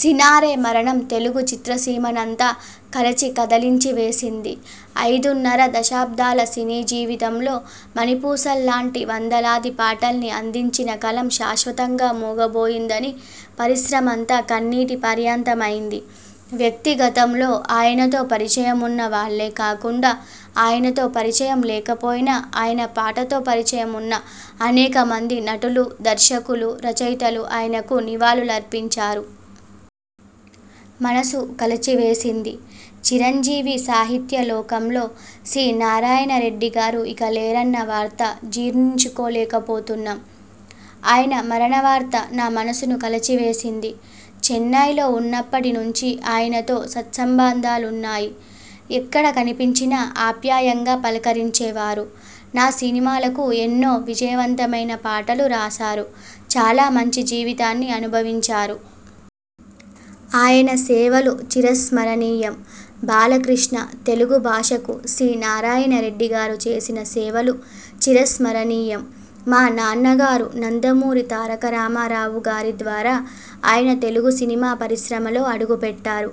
సినారె మరణం తెలుగు చిత్రసీమనంతా కలచి కదిలించి వేసింది. ఐదున్నర దశాబ్దాల సినీ జీవితంలో మణిపూసల్లాంటి వందలాది పాటల్ని అందించిన కలం శాశ్వతంగా మూగబోయిందని పరిశ్రమంతా కన్నీటి పర్యంతమైంది. వ్యక్తిగతంలో ఆయనతో పరిచయమున్న వాళ్లే కాకుండా, ఆయనతో పరిచయం లేకపోయినా.. ఆయన పాటతో పరిచయం ఉన్న అనేకమంది నటులు, దర్శకులు, రచయితలు ఆయనకు నివాళులర్పించారు. మనసును కలచివేసింది చిరంజీవిసాహిత్యలోకంలో సి. నారాయణరెడ్డిగారు ఇక లేరన్న వార్త జీర్ణించుకోలేకపోతున్నాం. ఆయన మరణవార్త నా మనసును కలచివేసింది. చెన్నైలో ఉన్నప్పటి నుంచి ఆయనతో సత్సంబంధాలున్నాయి. ఎక్కడ కనిపించినా ఆప్యాయంగా పలకరించేవారు. నా సినిమాలకు ఎన్నో విజయవంతమైన పాటలు రాశారు. చాలా మంచి జీవితాన్ని అనుభవించారు. ఆయన సేవలు చిరస్మరణీయం బాలకృష్ణతెలుగు భాషకు సి. నారాయణరెడ్డిగారు చేసిన సేవలు చిరస్మరణీయం. మా నాన్నగారు నందమూరి తారక రామారావుగారి ద్వారా ఆయన తెలుగు సినిమా పరిశ్రమలో అడుగుపెట్టారు.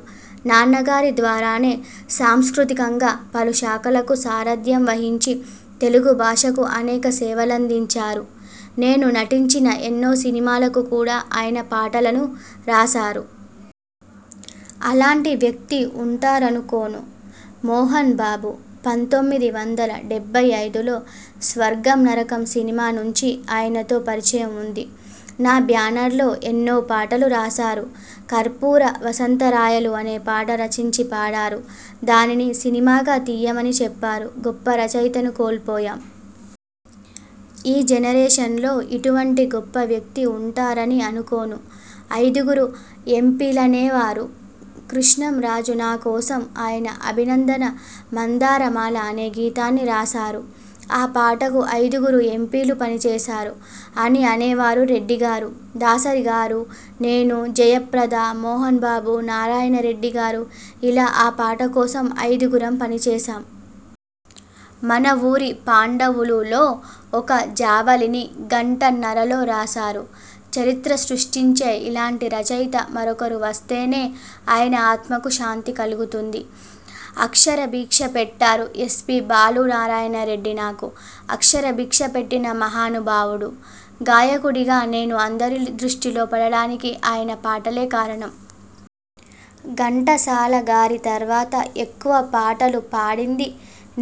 నాన్నగారి ద్వారానే సాంస్కృతికంగా పలు శాఖలకు సారథ్యం వహించి తెలుగు భాషకు అనేక సేవలందించారు. నేను నటించిన ఎన్నో సినిమాలకు కూడా ఆయన పాటలను రాశారు. అలాంటి వ్యక్తి ఉంటారనుకోను మోహన్ బాబు పంతొమ్మిది వందల డెబ్బై ఐదులో 'స్వర్గం-నరకం' సినిమా నుంచీ ఆయనతో పరిచయం ఉంది. నా బ్యానర్లో ఎన్నో పాటలు రాశారు. 'కర్పూర వసంతరాయలు' అనే పాట రచించి పాడారు. దానిని సినిమాగా తియ్యమని చెప్పారు. గొప్ప రచయితను కోల్పోయాం. ఈ జనరేషన్ లో ఇటువంటి గొప్ప వ్యక్తి ఉంటారని అనుకోను. ఐదుగురు ఎంపీలనేవారు! కృష్ణంరాజునా కోసం ఆయన 'అభినందన మందారమాల.. ' అనే గీతాన్ని రాశారు. ఆ పాటకు ఐదుగురు ఎంపీలు పనిచేశారు అని అనేవారు రెడ్డిగారు. దాసరిగారు, నేను, జయప్రద, మోహనబాబు, నారాయణరెడ్డిగారు.. ఇలా ఆ పాట కోసం ఐదుగురం పనిచేశాం. 'మనవూరి పాండవులు'లో ఒక జావళిని గంటన్నరలో రాశారు. చరిత్ర సృష్టించే ఇలాంటి రచయిత మరొకరు వస్తేనే ఆయన ఆత్మకు శాంతి కలుగుతుంది. అక్షరభిక్ష పెట్టారు ఎస్. పి. బాలునారాయణరెడ్డి నాకు అక్షరభిక్ష పెట్టిన మహానుభావుడు. గాయకుడిగా నేను అందరి దృష్టిలో పడటానికి ఆయన పాటలే కారణం. ఘంటసాల గారి తర్వాత ఎక్కువ పాటలు పాడింది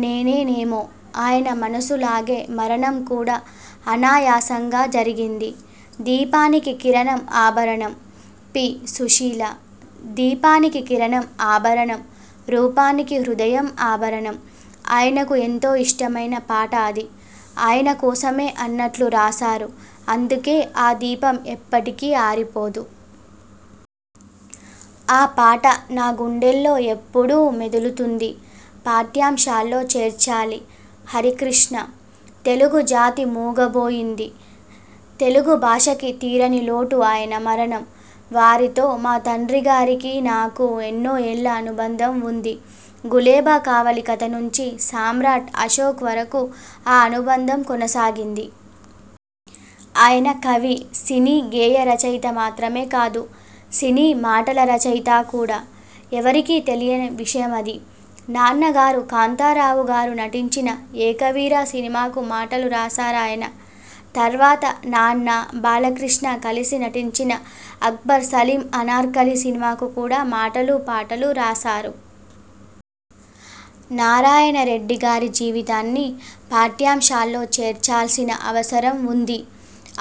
నేనేనేమో. ఆయన మనసులాగే మరణం కూడా అనాయాసంగా జరిగింది. దీపానికి కిరణం ఆభరణం పి. సుశీల'దీపానికి కిరణం ఆభరణం.. రూపానికి హృదయం ఆభరణం' ఆయనకు ఎంతో ఇష్టమైన పాట అది. ఆయన కోసమే అన్నట్లు రాశారు. అందుకే ఆ దీపం ఎప్పటికీ ఆరిపోదు. ఆ పాట నా గుండెల్లో ఎప్పుడూ మెదులుతుంది. పాఠ్యాంశాల్లో చేర్చాలి హరికృష్ణతెలుగు జాతి మూగబోయింది. తెలుగు భాషకి తీరనిలోటు ఆయన మరణం. వారితో మా తండ్రిగారికీ, నాకూ ఎన్నో ఏళ్ల అనుబంధం ఉంది. 'గులేబకావళి కథ' నుంచీ 'సామ్రాట్ అశోక్' వరకూ ఆ అనుబంధం కొనసాగింది. ఆయన కవి, సినీ గేయ రచయిత మాత్రమే కాదు. సినీ మాటల రచయిత కూడా. ఎవరికీ తెలియని విషయమది. నాన్నగారు, కాంతారావుగారు నటించిన 'ఏకవీర' సినిమాకు మాటలు రాశారాయన. తర్వాత నాన్న, బాలకృష్ణ కలిసి నటించిన 'అక్బర్ సలీమ్ అనార్కలి' సినిమాకు కూడా మాటలూ, పాటలూ రాశారు. నారాయణరెడ్డిగారి జీవితాన్ని పాఠ్యాంశాల్లో చేర్చాల్సిన అవసరం ఉంది.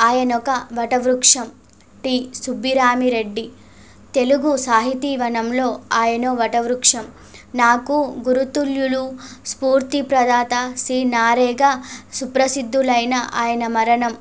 ఆయనొక వటవృక్షం టి. సుబ్బరామిరెడ్డితెలుగు సాహితీవనంలో ఆయనో వటవృక్షం. నాకు గురుతుల్యులు. స్ఫూర్తి ప్రదాత. సి. నా. రెగా సుప్రసిద్ధులైన ఆయన మరణం